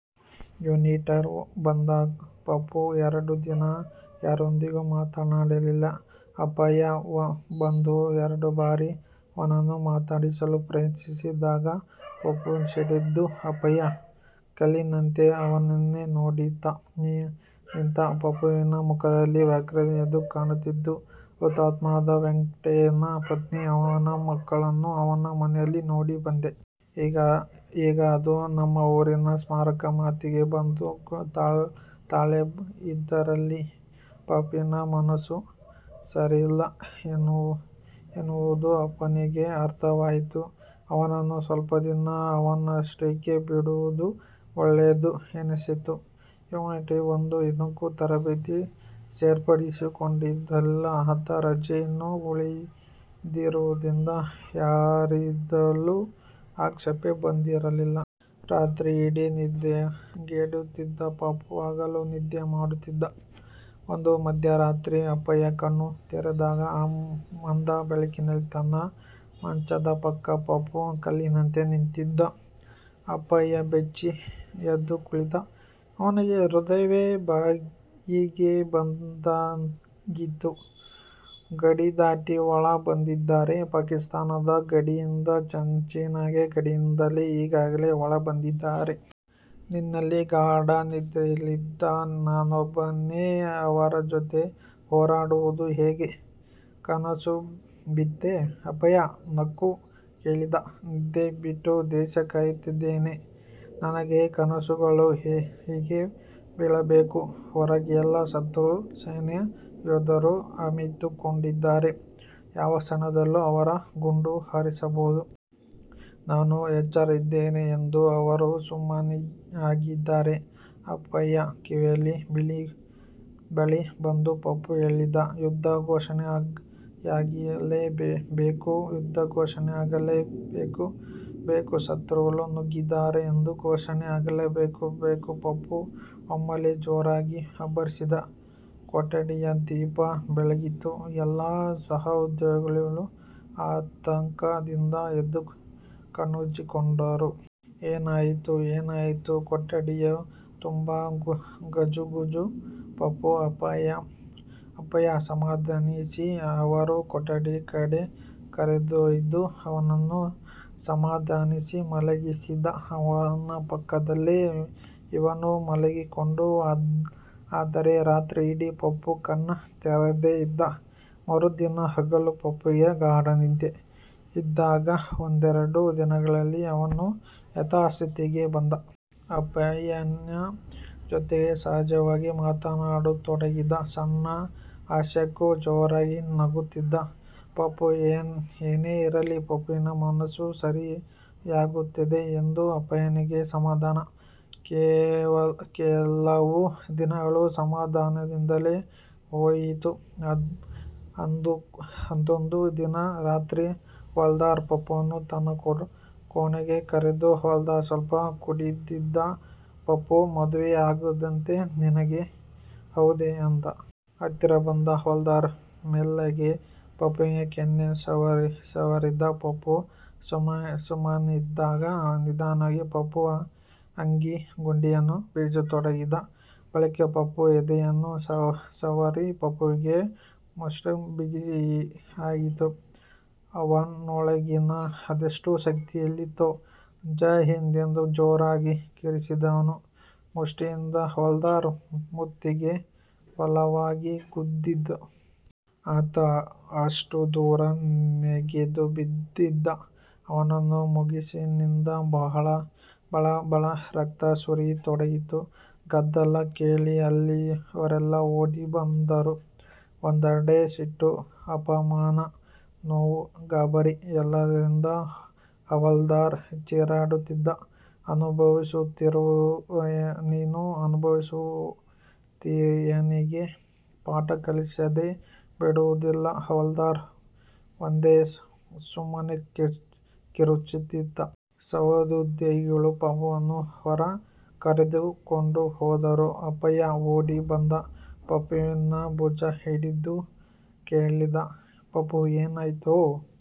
ಯುನಿಟ್ಗೆ ಬಂದ ಪಪ್ಪು ಎರಡು ದಿನ ಯಾರೊಂದಿಗೂ ಮಾತನಾಡಿರಲಿಲ್ಲ. ಅಪ್ಪಯ್ಯ ಬಂದು ಎರಡು ಬಾರಿ ಅವನನ್ನು ಮಾತನಾಡಿಸಲು ಪ್ರಯತ್ನಿಸಿದಾಗ ಪಪ್ಪು ಸಿಡಿದಿದ್ದ ಅಪ್ಪಯ್ಯ ಕಲ್ಲಿನಂತೆ ಅವನನ್ನೇ ನೋಡುತ್ತಾ ನಿಂತ. ಪಪ್ಪುವಿನ ಮುಖದಲ್ಲಿ ವ್ಯಗ್ರತೆ ಎದ್ದು ಕಾಣುತ್ತಿತ್ತು. ''ಹುತಾತ್ಮ ವೆಂಕಟನ ಪತ್ನಿ, ಅವನ ಮಕ್ಕಳನ್ನು, ಅವನ ಮನೆಯನ್ನು ನೋಡಿ ಬಂದೆ. ಈಗ ಅದು ನಮ್ಮ ಊರಿನ ಸ್ಮಾರಕ '' ಮಾತಿಗೆ ಒಂದಕ್ಕೊಂದು ತಾಳೆ ಇದ್ದಿರಲಿಲ್ಲ. ಪಪ್ಪುವಿನ ಮನಸ್ಸು ಸರಿಯಿಲ್ಲ ಎನ್ನುವುದು ಅಪ್ಪಯ್ಯನಿಗೆ ಅರ್ಥವಾಯಿತು. ಅವನನ್ನು ಸ್ವಲ್ಪ ದಿನ ಅವನಷ್ಟಕ್ಕೆ ಬಿಡುವುದು ಒಳ್ಳೆಯದು ಎನ್ನಿಸಿತು. ಯುನಿಟ್ಗೆ ಬಂದು ಇನ್ನೂ ತರಬೇತಿಗೆ ಸೇರ್ಪಡೆಗೊಂಡಿರಲಿಲ್ಲ ಆತ. ರಜೆ ಇನ್ನೂ ಉಳಿದಿದ್ದುದರಿಂದ ಯಾರಿಂದಲೂ ಆಕ್ಷೇಪ ಬಂದಿರಲಿಲ್ಲ. ರಾತ್ರಿಯಿಡೀ ನಿದ್ರೆಗೆಡುತ್ತಿದ್ದ ಪಪ್ಪು, ಹಗಲು ನಿದ್ದೆ ಮಾಡುತ್ತಿದ್ದ. ಒಂದು ಮಧ್ಯ ರಾತ್ರಿ ಅಪ್ಪಯ್ಯ ಕಣ್ಣು ತೆರೆದಾಗ ಆ ಮಂದ ಬೆಳಕಿನಲ್ಲಿ ತನ್ನ ಮಂಚದ ಪಕ್ಕ ಪಪ್ಪು ಕಲ್ಲಿನಂತೆ ನಿಂತಿದ್ದ. ಅಪ್ಪಯ್ಯ ಬೆಚ್ಚಿ ಎದ್ದು ಕುಳಿತ. ಅವನಿಗೆ ಹೃದಯವೇ ಬಾಯಿಗೆ ಬಂದಂತಾಗಿತ್ತು. ''ಗಡಿದಾಟಿ ಒಳ ಬಂದಿದ್ದಾರೆ. ಪಾಕಿಸ್ತಾನದ ಗಡಿಯಿಂದ, ಚೀನಾದ ಗಡಿಯಿಂದ ಈಗಾಗಲೇ ಒಳ ಬಂದಿದ್ದಾರೆ. ನೀನಿಲ್ಲಿ ಗಾಢ ನಿದ್ದೆಯಲ್ಲಿದ್ದೀಯ. ನಾನೊಬ್ಬನೇ ಅವರ ಜೊತೆ ಹೋರಾಡುವುದು ಹೇಗೆ? '' ''ಕನಸು ಬಿತ್ತೇ? '' ಅಪ್ಪಯ್ಯ ನಕ್ಕು ಕೇಳಿದ. ''ನಿದ್ದೆ ಬಿಟ್ಟು ದೇಶ ಕಾಯುತ್ತಿದ್ದೇನೆ. ನನಗೆ ಕನಸು ಗಳು ಹೇಗೆ ಬೀಳಬೇಕು? ಹೊರಗೆಲ್ಲ ಶತ್ರು ಸೇನೆಯ ಯೋಧರು ಅವಿತುಕೊಂಡಿದ್ದಾರೆ. ಯಾವ ಕ್ಷಣದಲ್ಲೂ ಅವರು ಗುಂಡು ಹಾರಿಸಬಹುದು. ನಾನು ಎಚ್ಚರ ಇದ್ದೇನೆ ಎಂದು ಅವರು ಸುಮ್ಮಗಿದ್ದಾರೆ'' ಅಪ್ಪಯ್ಯನ ಕಿವಿಯ ಬಳಿ ಬಂದು ಪಪ್ಪು ಹೇಳಿದ. ''ಯುದ್ಧ ಘೋಷಣೆಯಾಗಲೇ ಬೇಕು. ಯುದ್ಧ ಘೋಷಣೆಯಾಗಲೇ ಬೇಕುಶತ್ರುಗಳು ನುಗ್ಗಿದ್ದಾರೆಯುದ್ಧ ಘೋಷಣೆಯಾಗಲೇ ಬೇಕು'' ಪಪ್ಪು ಒಮ್ಮೆಲೆ ಜೋರಾಗಿ ಅಬ್ಬರಿಸಿದ. ಕೊಠಡಿಯ ದೀಪ ಬೆಳಗಿತು. ಎಲ್ಲ ಸಹೊದ್ಯೋಗಿಗಳೂ ಆತಂಕ ದಿಂದ ಎದ್ದು ಕಣ್ಣುಜ್ಜಿಕೊಂಡರು. ''ಏನಾಯಿತುಏನಾಯಿತು? '' ಕೊಠಡಿ ತುಂಬಾ ಗುಜುಗುಜು. ಪಪ್ಪುವನ್ನು ಅಪ್ಪಯ್ಯ ಸಮಾಧಾನಿಸಿ ಅವನ ಕೊಠಡಿಯ ಕಡೆಗೆ ಕರೆದೊಯ್ದ. ಅವನನ್ನು ಸಮಾಧಾನಿಸಿ ಮಲಗಿಸಿದ. ಅವನ ಪಕ್ಕದಲ್ಲೇ ಇವನೂ ಮಲಗಿಕೊಂಡ. ಆದರೆ ರಾತ್ರಿಯಿಡೀ ಪಪ್ಪು ಕಣ್ಣು ತೆರೆದೇ ಇದ್ದ. ಮರುದಿನ ಹಗಲು ಪಪ್ಪುವಿಗೆ ಗಾಢ ನಿದ್ದೆ. ಇದಾದ ಒಂದೆರಡು ದಿನದಲ್ಲಿ ಅವನು ಯಥಾಸ್ಥಿತಿಗೆ ಬಂದ. ಅಪ್ಪಯ್ಯನ ಜೊತೆಗೆ ಸಹಜವಾಗಿ ಮಾತನಾಡತೊಡಗಿದ. ಸಣ್ಣ ಹಾಸ್ಯಕ್ಕೂ ಜೋರಾಗಿ ನಗುತ್ತಿದ್ದ ಪಪ್ಪು. ಏನೇ ಇರಲಿ, ಪಪ್ಪುವಿನ ಮನಸ್ಸು ಸರಿಯಾಗುತ್ತಿದೆ ಎಂದು ಅಪ್ಪಯ್ಯನಿಗೆ ಸಮಾಧಾನ. ಕೆಲವು ದಿನಗಳು ಸಮಾಧಾನದಿಂದಲೇ ಹೋಯಿತು. ಅದೊಂದು ದಿನ ರಾತ್ರಿ ಹವಾಲ್ದಾರ್ ಪಪ್ಪುವನ್ನು ತನ್ನ ಕೋಣೆಗೆ ಕರೆದ. ಹವಾಲ್ದಾರ್ ಸ್ವಲ್ಪ ಕುಡಿದಿದ್ದ. ''ಪಪ್ಪುಮದುವೆಯಾಯಿತಂತೆ ನಿನಗೆ ಹೌದೆ'' ಎಂದ. ಹತ್ತಿರ ಬಂದ ಹವಾಲ್ದಾರ್ ಮೆಲ್ಲಗೆ ಪಪ್ಪುವಿನ ಕೆನ್ನೆಯನ್ನು ಸವರಿದ. ಪಪ್ಪು ಸುಮ್ಮಗಿದ್ದ. ನಿಧಾನಕ್ಕೆ ಪಪ್ಪುವಿನ ಅಂಗಿಯ ಗುಂಡಿಯನ್ನು ಬಿಚ್ಚತೊಡಗಿದ. ಬಳಿಕ ಪಪ್ಪುವಿನ ಎದೆಯನ್ನು ಸವರಿದ. ಪಪ್ಪುವಿನ ಮುಷ್ಟಿ ಬಿಗಿಯಾಯಿತು. ಅವನೊಳಗೆ ಅಷ್ಟು ಶಕ್ತಿ ಎಲ್ಲಿತ್ತೋ? ''ಜೈ ಹಿಂದ್'' ಎಂದು ಜೋರಾಗಿ ಚೀರಿದವನೇ ಮುಷ್ಟಿಯಿಂದ ಹವಾಲ್ದಾರ್ನ ಮೂತಿಗೆ ಬಲವಾಗಿ ಗುದ್ದಿದ. ಆತ ಅಷ್ಟು ದೂರ ನೆಗೆದು ಬಿದ್ದಿದ್ದ. ಅವನ ಮೂಗಿನಿಂದ ಬಳಬಳ ರಕ್ತ ಸುರಿಯತೊಡಗಿತ್ತು. ಗದ್ದಲ ಕೇಳಿ ಅಲ್ಲಿದ್ದವರೆಲ್ಲ ಓಡಿ ಬಂದರು. ಒಂದೆಡೆ ಸಿಟ್ಟು, ಅಪಮಾನ, ನೋವು, ಗಾಬರಿ ಎಲ್ಲದರಿಂದ ಹವಾಲ್ದಾರ್ ಚೀರಾಡುತ್ತಿದ್ದ. ''ಅನುಭವಿಸುತ್ತೀಯನೀನು ಅನುಭವಿಸು ತ್ತೀಯನಿನಗೆ ಪಾಠ ಕಲಿಸದೇ ಬಿಡುವುದಿಲ್ಲ'' ಹವಾಲ್ದಾರ್ ಒಂದೇ ಸಮನೆ ಚೀರುತ್ತಿದ್ದ. ಸಹೋದ್ಯೋಗಿಗಳು ಪಪ್ಪುವನ್ನು ಹೊರ ಕರೆದುಕೊಂಡು ಹೋದರು. ಅಪ್ಪಯ್ಯ ಓಡಿ ಬಂದು ಪಪ್ಪುವಿನ ಭುಜ ಹಿಡಿದು ಕೇಳಿದ ''ಪಪ್ಪು ಏನಾಯ್ತೋ? ''